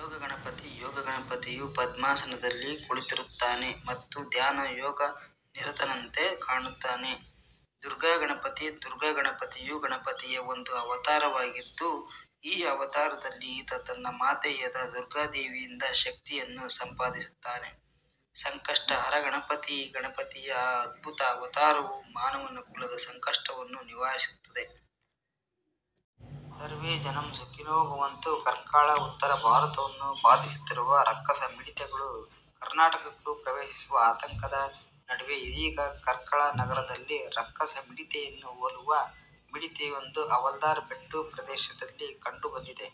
ಯೋಗ ಗಣಪತಿ: ಯೋಗ ಗಣಪತಿಯು ಪದ್ಮಾಸನದಲ್ಲಿ ಕುಳಿತಿರುತ್ತಾನೆ ಮತ್ತು ಧ್ಯಾನ ಯೋಗ ನಿರತನಂತೆ ಕಾಣುತ್ತಾನೆ. ದುರ್ಗಾ ಗಣಪತಿ: ದುರ್ಗಾ ಗಣಪತಿಯು ಗಣಪತಿಯ ಒಂದು ಅವತಾರವಾಗಿದ್ದು, ಈ ಅವತಾರದಲ್ಲಿ ಈತ ತನ್ನ ಮಾತೆಯಾದ ದುರ್ಗಾ ದೇವಿಯಿಂದ ಶಕ್ತಿಗಳನ್ನು ಸಂಪಾದಿಸಿರುತ್ತಾನೆ. ಸಂಕಷ್ಟ ಹರ ಗಣಪತಿ: ಗಣಪತಿಯ ಈ ಅದ್ಭುತ ಅವತಾರವು ಮಾನವ ಕುಲದ ಸಂಕಷ್ಟಗಳನ್ನು ನಿವಾರಿಸುತ್ತದೆ. ಸರ್ವೇ ಜನಃ ಸುಖಿನೋ ಭವಂತು. ಕಾರ್ಕಳ: ಉತ್ತರ ಭಾರತವನ್ನು ಬಾಧಿಸುತ್ತಿರುವ ರಕ್ಕಸ ಮಿಡತೆಗಳು ಕರ್ನಾಟಕಕ್ಕೂ ಪ್ರವೇಶಿಸುವ ಆತಂಕದ ನಡುವೆ ಇದೀಗ ಕಾರ್ಕಳದ ನಗರದಲ್ಲಿ ರಕ್ಕಸ ಮಿಡತೆಯನ್ನೇ ಹೊಲುವ ಮಿಡತೆಯೊಂದು ಹವಾಲ್ದಾರ್ ಬೆಟ್ಟು ಪ್ರದೇಶದಲ್ಲಿ ಕಂಡು ಬಂದಿದೆ.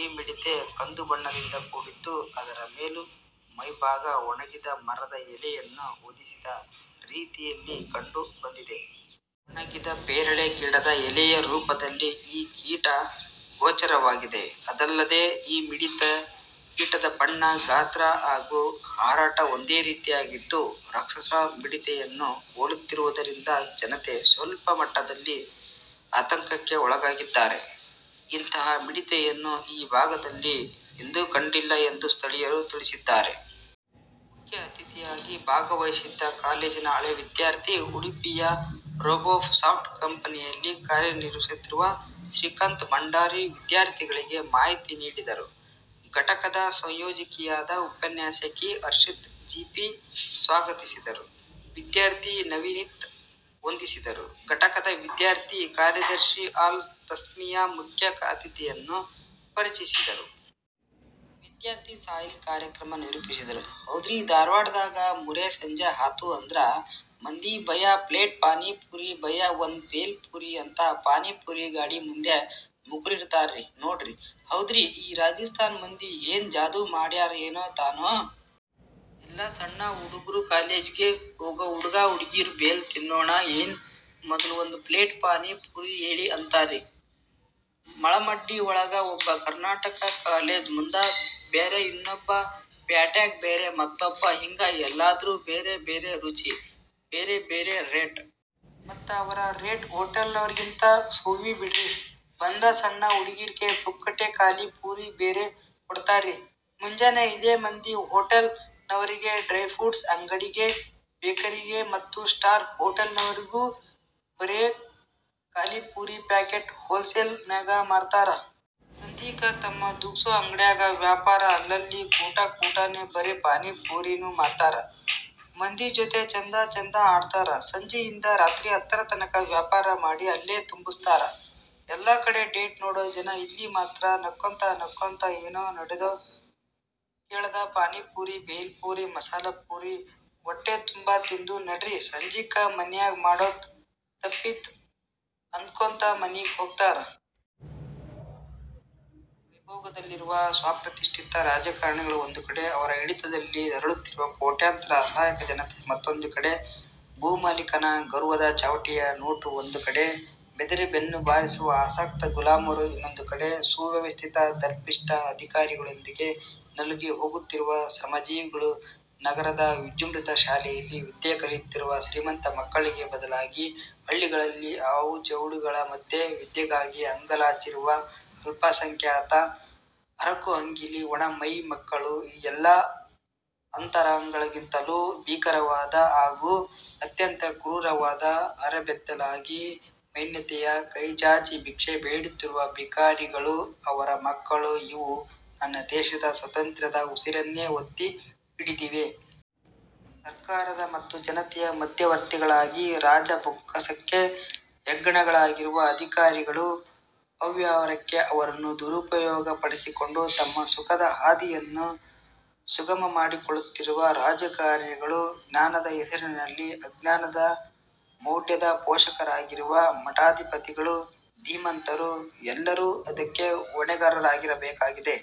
ಈ ಮಿಡತೆ ಕಂದು ಬಣ್ಣದಿಂದ ಕೂಡಿದ್ದು ಅದರ ಮೇಲು ಮೈಭಾಗ ಒಣಗಿದ ಮರದ ಎಲೆಯನ್ನು ಹೊದಿಸಿದ ರೀತಿಯಲ್ಲಿ ಕಂಡು ಬಂದಿದೆ. ಒಣಗಿದ ಪೇರಳೆ ಗಿಡದ ಎಲೆಯ ರೂಪದಲ್ಲಿ ಈ ಕೀಟ ಗೋಚರವಾಗಿದೆ. ಅದಲ್ಲದೆ ಈ ಮಿಡತೆ ಕೀಟದ ಬಣ್ಣ ಗಾತ್ರ ಹಾಗೂ ಹಾರಾಟ ಒಂದೇ ರೀತಿಯಾಗಿದ್ದು ರಕ್ಷಸ ಮಿಡತೆಯನ್ನು ಹೋಲುತ್ತಿರುವುದರಿಂದ ಜನತೆ ಸ್ವಲ್ಪ ಮಟ್ಟದಲ್ಲಿ ಅತಂಕಕ್ಕೆ ಒಳಗಾಗಿದ್ದಾರೆ. ಇಂತಹ ಮಿಡತೆಯನ್ನು ಈ ಭಾಗದಲ್ಲಿ ಎಂದೂ ಕಂಡಿಲ್ಲ ಎಂದು ಸ್ಥಳೀಯರು ತಿಳಿಸಿದ್ದಾರೆ. ಮುಖ್ಯ ಅತಿಥಿಯಾಗಿ ಭಾಗವಹಿಸಿದ್ದ ಕಾಲೇಜಿನ ಹಳೆ ವಿದ್ಯಾರ್ಥಿ, ಉಡುಪಿಯ ರೋಬೋಸಾಫ್ಟ್ ಕಂಪೆನಿಯಲ್ಲಿ ಕಾರ್ಯ ನಿರ್ವಹಿಸುತ್ತಿರುವ ಶ್ರೀಕಾಂತ್ ಭಂಡಾರಿ ವಿದ್ಯಾರ್ಥಿಗಳಿಗೆ ಮಾಹಿತಿ ನೀಡಿದರು. ಘಟಕದ ಸಂಯೋಜಕಿಯಾದ ಉಪನ್ಯಾಸಕಿ ಹರ್ಷಿತಾ ಜಿ. ಪಿ. ಸ್ವಾಗತಿಸಿದರು. ವಿದ್ಯಾರ್ಥಿ ನವನೀತ್ ವಂದಿಸಿದರು. ಘಟಕದ ವಿದ್ಯಾರ್ಥಿ ಕಾರ್ಯದರ್ಶಿ ಅಲ್-ತಸ್ಮೀಯ ಮುಖ್ಯ ಅತಿಥಿಯನ್ನು ಪರಿಚಯಿಸಿದರು. ವಿದ್ಯಾರ್ಥಿ ಸಾಹಿಲ್ ಕಾರ್ಯಕ್ರಮ ನಿರೂಪಿಸಿದರು. ಹೌದ್ರೀ, ಧಾರವಾಡದಾಗ ಮೂರು ಸಂಜೆ ಆತು ಅಂದ್ರ ಮಂದಿ ಭಯ್ಯಾ ಪ್ಲೇಟ್ ಪಾನಿಪುರಿ. ಭಯ್ಯಾ ಒಂದು ಭೇಲ್ ಪುರಿ ಅಂತ ಪಾನಿಪುರಿ ಗಾಡಿ ಮುಂದ ಮುಕರಿರತಾರ ನೋಡ್ರಿ. ಹೌದ್ರೀ, ಆ ರಾಜಸ್ತಾನ ಮಂದಿ ಏನ ಜಾದೂ ಮಾಡ್ಯಾರೊ ಏನ ತಾನೋ. ಎಲ್ಲಾ ಸಣ್ಣ ಹುಡುಗರು ಕಾಲೇಜಗೆ ಹೋಗೂ ಹುಡುಗ ಹುಡುಗೀರೂ ಭೇಲ್ ತಿನ್ನೋಣ ಏನ್, ಮೊದಲ ಒಂದ ಪ್ಲೇಟ್ ಪಾನಿಪುರಿ ಹೇಳ ಅಂತಾರ್ರಿ. ಮಾಳಮಡ್ಡಿ ಒಳಗ ಒಬ್ಬವ, ಕರ್ನಾಟಕ ಕಾಲೇಜು ಮುಂದ ಬ್ಯಾರೆ ಇನ್ನೊಬ್ಬವ. ಪ್ಯಾಟ್ಯಾಗ ಬ್ಯಾರೆ ಮತ್ತೊಬ್ಬವ ಹಿಂಗ ಎಲ್ಲಾದರೂ ಬ್ಯಾರೆ ಬ್ಯಾರೆ ರುಚಿ, ಬ್ಯಾರೇ ಬ್ಯಾರೇ ರೇಟ. ಮತ್ತ ಅವರ ರೇಟ ಹೊಟೇಲನವರಿಗಿಂತ ಸೋವಿನ ಬಿಡ್ರಿ. ಬಂದ ಸಣ್ಣ ಹುಡುಗರಿಗೆ ಪುಕ್ಕಟ ಖಾಲಿ ಪುರಿ ಬ್ಯಾರೆ ಕೊಡತಾರ್ರಿ. ಮುಂಜಾನೆ ಇದ ಮಂದಿ ಹೊಟೇಲ್ ನವರಿಗೆ, ಡ್ರಯ್ ಫ್ರುಟ್ಸ್ ಅಂಗಡಿಗೆ, ಬೇಕರಿಗೆ ಮತ್ತ ಸ್ಟಾರ್ ಹೋಟೆಲ್ನನವರಿಗೂ ಬರೇ ಖಾಲಿಪುರಿ ಪ್ಯಾಕೆಟ್ ಹೋಲ್ ಸೇಲ್ ನ್ಯಾಗ ಮಾರತಾರ. ಸಂಜಿಕ ತಮ್ಮ ದೂಗಸು ಅಂಗಡ್ಯಾಗ ವ್ಯಾಪಾರ. ಅಲ್ಲಲ್ಲಿ ಕೂಟ ಕೂಟಗೆ ಬರೇ ಪಾನೀಪುರಿನೂ ಮಾರತಾರ. ಮಂದಿ ಜೊತೆ ಚೆಂದ ಚೆಂದ ಮಾತ ಆಡತಾರ. ಸಂಜೆಯಿಂದ ರಾತ್ರಿ ಹತ್ತರತನಕ ವ್ಯಾಪಾರ ಮಾಡಿ ಗಲ್ಲೆ ತುಂಬಸ್ತಾರ ಎಲ್ಲಾ ಕಡೆ ಡೇಟ್ ನೋಡೊ ಜನ ಅಲ್ಲಿ ಮಾತ್ರ ನಕ್ಕೊತ ನಕ್ಕೊತ ಏನೂ ನೋಡದ ಕೇಳದ ಪಾನಿಪುರಿ ಬೇಲ್ ಪುರಿ, ಮಸಾಲಾ ಪುರಿ, ಹೊಟ್ಟೆ ತುಂಬ ತಿಂದ ನಡ್ರೀ ಸಂಜೆಕ್ಕ ಮನ್ಯಾಗ ಮಾಡೂದ ತಪ್ಪಿತ ಅನ್ನಕೋತ ಮನಿಗೆ ಹೋಗತಾರ. ವೈಭೋಗದಲ್ಲಿರುವ ಸ್ವಪ್ರತಿಷ್ಟಿತ ರಾಜಕಾರಣಿಗಳು ಒಂದು ಕಡೆ, ಅವರ ಹಿಡಿತದಲ್ಲಿ ನರಳುತ್ತಿರುವ ಕೋಟ್ಯಾಂತರ ಅಸಹಾಯಕ ಜನತೆ ಮತ್ತೊಂದು ಕಡೆ; ಭೂಮಾಲೀಕನ ಗರ್ವದ ಚಾವಟಿಯ ನೋಟ ಒಂದು ಕಡೆ; ಬೆದರಿ ಬೆನ್ನು ಬಾಗಿಸಿರುವ ಅಶಕ್ತ ಗುಲಾಮರು ಇನ್ನೊಂದು ಕಡೆ; ಸುವ್ಯವಸ್ಥಿತ ದರ್ಪಿಷ್ಟ ಆಧಿಕಾರಿಗಳೊಂದಿಗೆ ನಲುಗಿ ಹೋಗುತ್ತಿರುವ ಶ್ರಮಜೀವಿಗಳು; ನಗರದ ವಿಜೃಂಭಿತ ಶಾಲೆಗಳಲ್ಲಿ ವಿದ್ಯೆ ಕಲಿಯುತ್ತಿರುವ ಶ್ರೀಮಂತ ಮಕ್ಕಳಿಗೆ ಬದಲಾಗಿ ಹಳ್ಳಿಗಳಲ್ಲಿ ಹಾವು ಚೇಳುಗಳ ಮಧ್ಯೆ ವಿದ್ಯೆಗಾಗಿ ಆಂಗಲಾಚಿರುವ ಆಸಂಖ್ಯಾತ ಹರಕಲಂಗಿಯ ಒಣ ಮೈಯ ಮಕ್ಕಳು; ಈ ಎಲ್ಲ ಅಂತರಗಳಿಗಿಂತಲೂ ಭೀಕರವಾದ ಹಾಗೂ ಅತ್ಯಂತ ಕ್ರೂರವಾದ, ಅರೆಬೆತ್ತಲಾಗಿ ದೈನ್ಯತೆಯ ಕೈಚಾಚಿ ಭಿಕ್ಷೆ ಬೇಡುತ್ತಿರುವ ಭಿಕಾರಿಗಳು, ಅವರ ಮಕ್ಕಳು; ಇವು ನನ್ನದೇಶದ ಸ್ವಾತಂತ್ರ್ಯದ ಉಸಿರನ್ನೇ ಒತ್ತಿ ಹಿಡಿದಿವೆ. ಸರ್ಕಾರದ ಮತ್ತು ಜನತೆಯ ಮಧ್ಯವರ್ತಿಗಳಾಗಿ ರಾಜ ಬೊಕ್ಕಸಕ್ಕೆ ಹೆಗ್ಗಣಗಳಾಗಿರುವ ಅಧಿಕಾರಿಗಳು, ಅವ್ಯವಹಾರಕ್ಕೆ ಅವರನ್ನು ದುರುಪಯೋಗ ಪಡಿಸಿಕೊಂಡು ತಮ್ಮ ಸುಖದ ಹಾದಿಯನ್ನು ಸುಗಮ ಮಾಡಿಕೊಳ್ಳುತ್ತಿರುವ ರಾಜಕಾರಣಿಗಳು, ಜ್ಞಾನದ ಹೆಸರಿನಲ್ಲಿ ಅಜ್ಞಾನದ ಮೌಢ್ಯದ ಪೋಷಕರಾಗಿರುವ ಮಠಾಧಿಪತಿಗಳು, ಧೀಮಂತರು ಎಲ್ಲರೂ ಇದಕ್ಕೆ ಹೊಣೆಗಾರರಾಗಬೇಕಾಗಿದೆ.